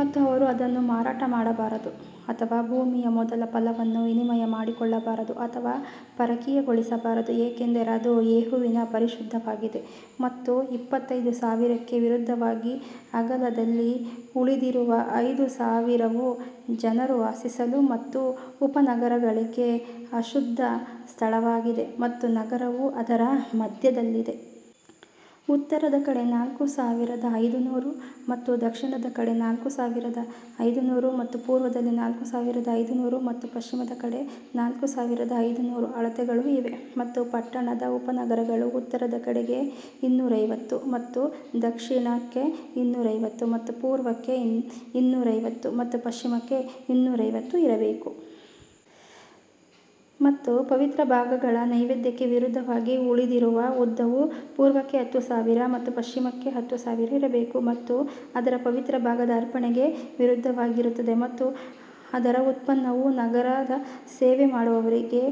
ಮತ್ತು ಅವರು ಅದನ್ನು ಮಾರಾಟ ಮಾಡಬಾರದು ಅಥವಾ ಭೂಮಿಯ ಮೊದಲ ಫಲವನ್ನು ವಿನಿಮಯ ಮಾಡಿಕೊಳ್ಳಬಾರದು ಅಥವಾ ಪರಕೀಯಗೊಳಿಸಬಾರದು ಏಕೆಂದರೆ ಅದು ಯೆಹೋವನಿಗೆ ಪರಿಶುದ್ಧವಾಗಿದೆ. ಮತ್ತು ಇಪ್ಪತ್ತೈದು ಸಾವಿರಕ್ಕೆ ವಿರುದ್ಧವಾಗಿ ಅಗಲದಲ್ಲಿ ಉಳಿದಿರುವ ಐದು ಸಾವಿರವು ಜನರು ವಾಸಿಸಲು ಮತ್ತು ಉಪನಗರಗಳಿಗೆ ಅಶುದ್ಧ ಸ್ಥಳವಾಗಿದೆ ಮತ್ತು ನಗರವು ಅದರ ಮಧ್ಯದಲ್ಲಿದೆ. ಉತ್ತರದ ಕಡೆ ನಾಲ್ಕು ಸಾವಿರದ ಐನೂರು ಮತ್ತು ದಕ್ಷಿಣದ ಕಡೆ ನಾಲ್ಕು ಸಾವಿರದ ಐನೂರು ಮತ್ತು ಪೂರ್ವದಲ್ಲಿ ನಾಲ್ಕು ಸಾವಿರದ ಐನೂರು ಮತ್ತು ಪಶ್ಚಿಮದ ಕಡೆ ನಾಲ್ಕು ಸಾವಿರದ ಐನೂರು ಅಳತೆಗಳು ಇವೇ. ಮತ್ತು ಪಟ್ಟಣದ ಉಪನಗರಗಳು ಉತ್ತರದ ಕಡೆಗೆ ಇನ್ನೂರೈವತ್ತು ಮತ್ತು ದಕ್ಷಿಣಕ್ಕೆ ಇನ್ನೂರೈವತ್ತು ಮತ್ತು ಪೂರ್ವಕ್ಕೆ ಇನ್ನೂರೈವತ್ತು ಮತ್ತು ಪಶ್ಚಿಮಕ್ಕೆ ಇನ್ನೂರೈವತ್ತು ಇರಬೇಕು. ಮತ್ತು ಪವಿತ್ರ ಭಾಗದ ನೈವೇದ್ಯಕ್ಕೆ ವಿರುದ್ಧವಾಗಿ ಉಳಿದಿರುವ ಉದ್ದವು ಪೂರ್ವಕ್ಕೆ ಹತ್ತು ಸಾವಿರ ಮತ್ತು ಪಶ್ಚಿಮಕ್ಕೆ ಹತ್ತು ಸಾವಿರ ಇರಬೇಕು ಮತ್ತು ಅದು ಪವಿತ್ರ ಭಾಗದ ಅರ್ಪಣೆಗೆ ವಿರುದ್ಧವಾಗಿರುತ್ತದೆ ಮತ್ತು ಅದರ ಉತ್ಪನ್ನವು ನಗರದ ಸೇವೆ ಮಾಡುವವರಿಗೆ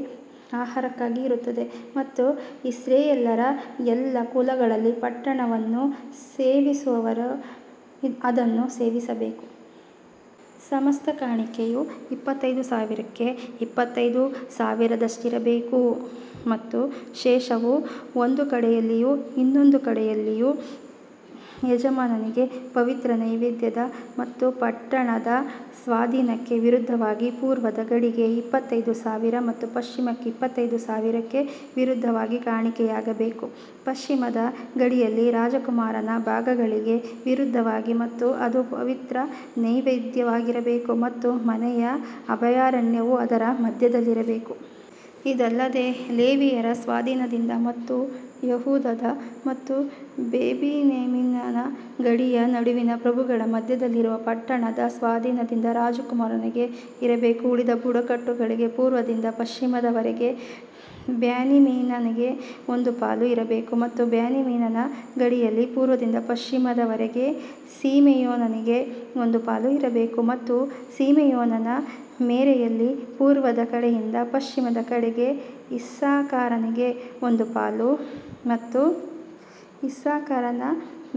ಆಹಾರಕ್ಕಾಗಿ ಇರುತ್ತದೆ. ಮತ್ತು ಇಸ್ರಾಯೇಲ್ಯರ ಎಲ್ಲಾ ಕುಲಗಳಲ್ಲಿ ಪಟ್ಟಣವನ್ನು ಸೇವಿಸುವವರು ಅದನ್ನು ಸೇವಿಸಬೇಕು. ಸಮಸ್ತ ಕಾಣಿಕೆಯು ಇಪ್ಪತ್ತೈದು ಸಾವಿರಕ್ಕೆ ಇಪ್ಪತ್ತೈದು ಸಾವಿರದಷ್ಟಿರಬೇಕು. ಮತ್ತು ಶೇಷವು ಒಂದು ಕಡೆಯಲ್ಲಿಯೂ ಇನ್ನೊಂದು ಕಡೆಯಲ್ಲಿಯೂ ಯಜಮಾನನಿಗೆ ಪವಿತ್ರ ನೈವೇದ್ಯದ ಮತ್ತು ಪಟ್ಟಣದ ಸ್ವಾಧೀನಕ್ಕೆ ವಿರುದ್ಧವಾಗಿ ಪೂರ್ವದ ಗಡಿಗೆ ಇಪ್ಪತ್ತೈದು ಸಾವಿರ ಮತ್ತು ಪಶ್ಚಿಮಕ್ಕೆ ಇಪ್ಪತ್ತೈದು ಸಾವಿರಕ್ಕೆ ವಿರುದ್ಧವಾಗಿ ಕಾಣಿಕೆಯಾಗಬೇಕು. ಪಶ್ಚಿಮದ ಗಡಿಯಲ್ಲಿ ರಾಜಕುಮಾರನ ಭಾಗಗಳಿಗೆ ವಿರುದ್ಧವಾಗಿ ಮತ್ತು ಅದು ಪವಿತ್ರ ನೈವೇದ್ಯವಾಗಿರಬೇಕು ಮತ್ತು ಮನೆಯ ಅಭಯಾರಣ್ಯವು ಅದರ ಮಧ್ಯದಲ್ಲಿರಬೇಕು. ಇದಲ್ಲದೆ ಲೇವಿಯರ ಸ್ವಾಧೀನದಿಂದ ಮತ್ತು ಯೆಹೂದದ ಮತ್ತು ಬೆನ್ಯಾಮೀನನ ಗಡಿಯ ನಡುವಿನ ಪ್ರಭುಗಳ ಮಧ್ಯದಲ್ಲಿರುವ ಪಟ್ಟಣದ ಸ್ವಾಧೀನದಿಂದ ರಾಜಕುಮಾರನಿಗೆ ಇರಬೇಕು. ಉಳಿದ ಬುಡಕಟ್ಟುಗಳಿಗೆ ಪೂರ್ವದಿಂದ ಪಶ್ಚಿಮದವರೆಗೆ ಬೆನ್ಯಾಮೀನನಿಗೆ ಒಂದು ಪಾಲು ಇರಬೇಕು. ಮತ್ತು ಬೆನ್ಯಾಮೀನನ ಗಡಿಯಲ್ಲಿ ಪೂರ್ವದಿಂದ ಪಶ್ಚಿಮದವರೆಗೆ ಸಿಮೆಯೋನನಿಗೆ ಒಂದು ಪಾಲು ಇರಬೇಕು ಮತ್ತು ಸಿಮೆಯೋನನ ಮೇರೆಯಲ್ಲಿ ಪೂರ್ವದ ಕಡೆಯಿಂದ ಪಶ್ಚಿಮದ ಕಡೆಗೆ ಇಸ್ಸಾಕಾರನಿಗೆ ಒಂದು ಪಾಲು ಮತ್ತು ಇಸ್ಸಾಕಾರನ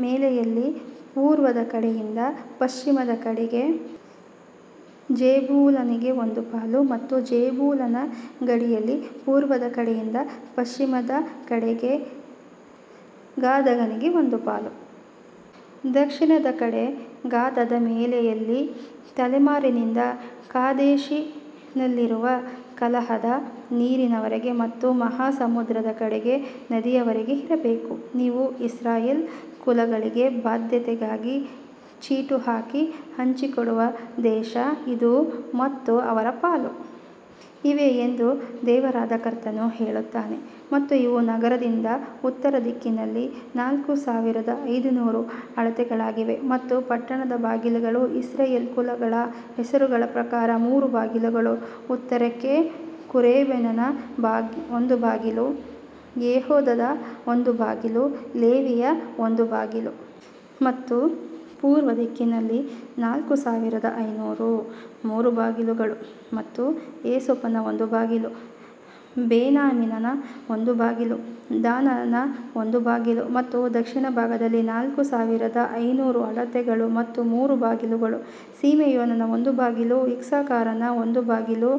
ಮೇರೆಯಲ್ಲಿ ಪೂರ್ವದ ಕಡೆಯಿಂದ ಪಶ್ಚಿಮದ ಕಡೆಗೆ ಜೆಬುಲೂನನಿಗೆ ಒಂದು ಪಾಲು ಮತ್ತು ಜೆಬುಲೂನನ ಗಡಿಯಲ್ಲಿ ಪೂರ್ವದ ಕಡೆಯಿಂದ ಪಶ್ಚಿಮದ ಕಡೆಗೆ ಗಾದನಿಗೆ ಒಂದು ಪಾಲು. ದಕ್ಷಿಣದ ಕಡೆ ಗಾದನ ಮೇರೆಯಲ್ಲಿ ತಾಮಾರಿನಿಂದ ಕಾದೇಶಿನಲ್ಲಿರುವ ಕಲಹದ ನೀರಿನವರೆಗೆ ಮತ್ತು ಮಹಾಸಮುದ್ರದ ಕಡೆಗೆ ನದಿಯವರೆಗೆ ಇರಬೇಕು. ನೀವು ಇಸ್ರಾಯೇಲ್ ಕುಲಗಳಿಗೆ ಬಾಧ್ಯತೆಗಾಗಿ ಚೀಟು ಹಾಕಿ ಹಂಚಿಕೊಡುವ ದೇಶ ಇದು ಮತ್ತು ಅವರ ಪಾಲು ಇವೇ ಎಂದು ದೇವರಾದ ಕರ್ತನು ಹೇಳುತ್ತಾನೆ. ಮತ್ತು ಇವು ನಗರದಿಂದ ಉತ್ತರ ದಿಕ್ಕಿನಲ್ಲಿ ನಾಲ್ಕು ಸಾವಿರದ ಐನೂರು ಅಳತೆಗಳಾಗಿವೆ ಮತ್ತು ಪಟ್ಟಣದ ಬಾಗಿಲುಗಳು ಇಸ್ರಾಯೇಲ್ ಕುಲಗಳ ಹೆಸರುಗಳ ಪ್ರಕಾರ ಮೂರು ಬಾಗಿಲುಗಳು ಉತ್ತರಕ್ಕೆ, ರೂಬೇನನ ಒಂದು ಬಾಗಿಲು, ಯೆಹೂದದ ಒಂದು ಬಾಗಿಲು, ಲೇವಿಯ ಒಂದು ಬಾಗಿಲು. ಮತ್ತು ಪೂರ್ವ ದಿಕ್ಕಿನಲ್ಲಿ ನಾಲ್ಕು ಸಾವಿರದ ಐನೂರು, ಮೂರು ಬಾಗಿಲುಗಳು ಮತ್ತು ಯೋಸೇಫನ ಒಂದು ಬಾಗಿಲು, ಬೆನ್ಯಾಮೀನನ ಒಂದು ಬಾಗಿಲು, ದಾನನ ಒಂದು ಬಾಗಿಲು. ಮತ್ತು ದಕ್ಷಿಣ ಭಾಗದಲ್ಲಿ ನಾಲ್ಕು ಸಾವಿರದ ಐನೂರು ಅಳತೆಗಳು ಮತ್ತು ಮೂರು ಬಾಗಿಲುಗಳು, ಸಿಮೆಯೋನನ ಒಂದು ಬಾಗಿಲು, ಇಸ್ಸಾಕಾರನ ಒಂದು ಬಾಗಿಲು,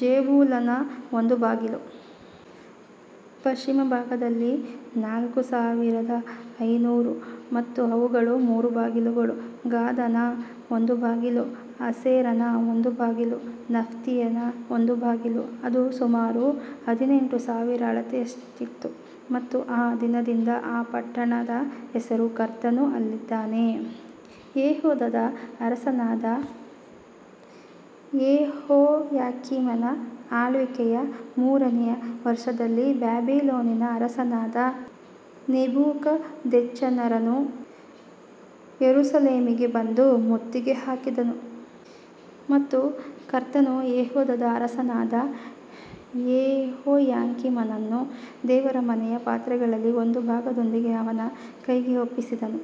ಜೆಬುಲೂನನ ಒಂದು ಬಾಗಿಲು. ಪಶ್ಚಿಮ ಭಾಗದಲ್ಲಿ ನಾಲ್ಕು ಸಾವಿರದ ಐನೂರು ಮತ್ತು ಅವುಗಳ ಮೂರು ಬಾಗಿಲುಗಳು, ಗಾದನ ಒಂದು ಬಾಗಿಲು, ಆಶೇರನ ಒಂದು ಬಾಗಿಲು, ನಫ್ತಾಲಿಯ ಒಂದು ಬಾಗಿಲು. ಅದು ಸುಮಾರು ಹದಿನೆಂಟು ಸಾವಿರ ಅಳತೆಯಷ್ಟಿತ್ತು ಮತ್ತು ಆ ದಿನದಿಂದ ಆ ಪಟ್ಟಣದ ಹೆಸರು ಕರ್ತನು ಅಲ್ಲಿದ್ದಾನೆ. ಯೆಹೂದದ ಅರಸನಾದ ಯೆಹೋಯಾಕೀಮನ ಆಳ್ವಿಕೆಯ ಮೂರನೆಯ ವರ್ಷದಲ್ಲಿ ಬಾಬಿಲೋನಿನ ಅರಸನಾದ ನೆಬೂಕದ್ನೆಚ್ಚರನು ಯೆರೂಸಲೇಮಿಗೆ ಬಂದು ಮುತ್ತಿಗೆ ಹಾಕಿದನು. ಮತ್ತು ಕರ್ತನು ಯೆಹೂದದ ಅರಸನಾದ ಯೆಹೋಯಾಕೀಮನನ್ನು ದೇವರ ಮನೆಯ ಪಾತ್ರೆಗಳಲ್ಲಿ ಒಂದು ಭಾಗದೊಂದಿಗೆ ಅವನ ಕೈಗೆ ಒಪ್ಪಿಸಿದನು.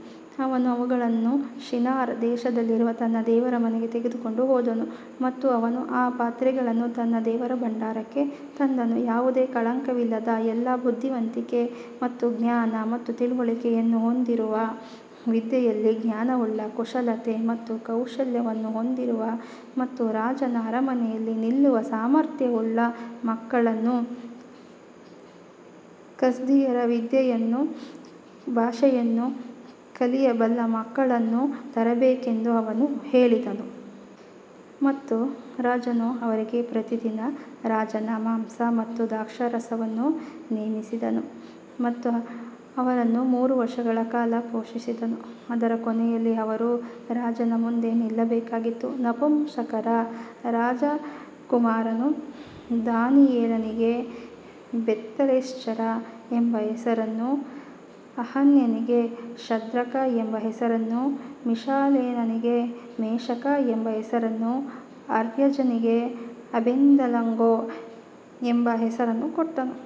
ಅವನು ಅವುಗಳನ್ನು ಶಿನಾರ್ ದೇಶದಲ್ಲಿರುವ ತನ್ನ ದೇವರ ಮನೆಗೆ ತೆಗೆದುಕೊಂಡು ಹೋದನು ಮತ್ತು ಅವನು ಆ ಪಾತ್ರೆಗಳನ್ನು ತನ್ನ ದೇವರ ಭಂಡಾರಕ್ಕೆ ತಂದನು. ಯಾವುದೇ ಕಳಂಕವಿಲ್ಲದ, ಎಲ್ಲಾ ಬುದ್ಧಿವಂತಿಕೆ ಮತ್ತು ಜ್ಞಾನ ಮತ್ತು ತಿಳುವಳಿಕೆಯನ್ನು ಹೊಂದಿರುವ, ವಿದ್ಯೆಯಲ್ಲಿ ಜ್ಞಾನವುಳ್ಳ, ಕುಶಲತೆ ಮತ್ತು ಕೌಶಲ್ಯವನ್ನು ಹೊಂದಿರುವ ಮತ್ತು ರಾಜನ ಅರಮನೆಯಲ್ಲಿ ನಿಲ್ಲುವ ಸಾಮರ್ಥ್ಯವುಳ್ಳ ಮಕ್ಕಳನ್ನು, ಕಸ್ದೀಯರ ವಿದ್ಯೆಯನ್ನೂ ಭಾಷೆಯನ್ನೂ ಕಲಿಯಬಲ್ಲ ಮಕ್ಕಳನ್ನು ತರಬೇಕೆಂದು ಅವನು ಹೇಳಿದನು. ಮತ್ತು ರಾಜನು ಅವರಿಗೆ ಪ್ರತಿದಿನ ರಾಜನ ಮಾಂಸ ಮತ್ತು ದ್ರಾಕ್ಷಾರಸವನ್ನು ನೇಮಿಸಿದನು ಮತ್ತು ಅವರನ್ನು ಮೂರು ವರ್ಷಗಳ ಕಾಲ ಪೋಷಿಸಿದನು, ಅದರ ಕೊನೆಯಲ್ಲಿ ಅವರು ರಾಜನ ಮುಂದೆ ನಿಲ್ಲಬೇಕಾಗಿತ್ತು. ನಪುಂಸಕರ ರಾಜಕುಮಾರನು ದಾನಿಯೇಲನಿಗೆ ಬೆಲ್ತೆಶಚ್ಚರ ಎಂಬ ಹೆಸರನ್ನೂ, ಹನನ್ಯನಿಗೆ ಶದ್ರಕ ಎಂಬ ಹೆಸರನ್ನೂ, ಮಿಶಾಯೇಲನಿಗೆ ಮೇಷಕ ಎಂಬ ಹೆಸರನ್ನೂ, ಅಜರ್ಯನಿಗೆ ಅಬೇದ್ನೆಗೋ ಎಂಬ ಹೆಸರನ್ನೂ ಕೊಟ್ಟನು.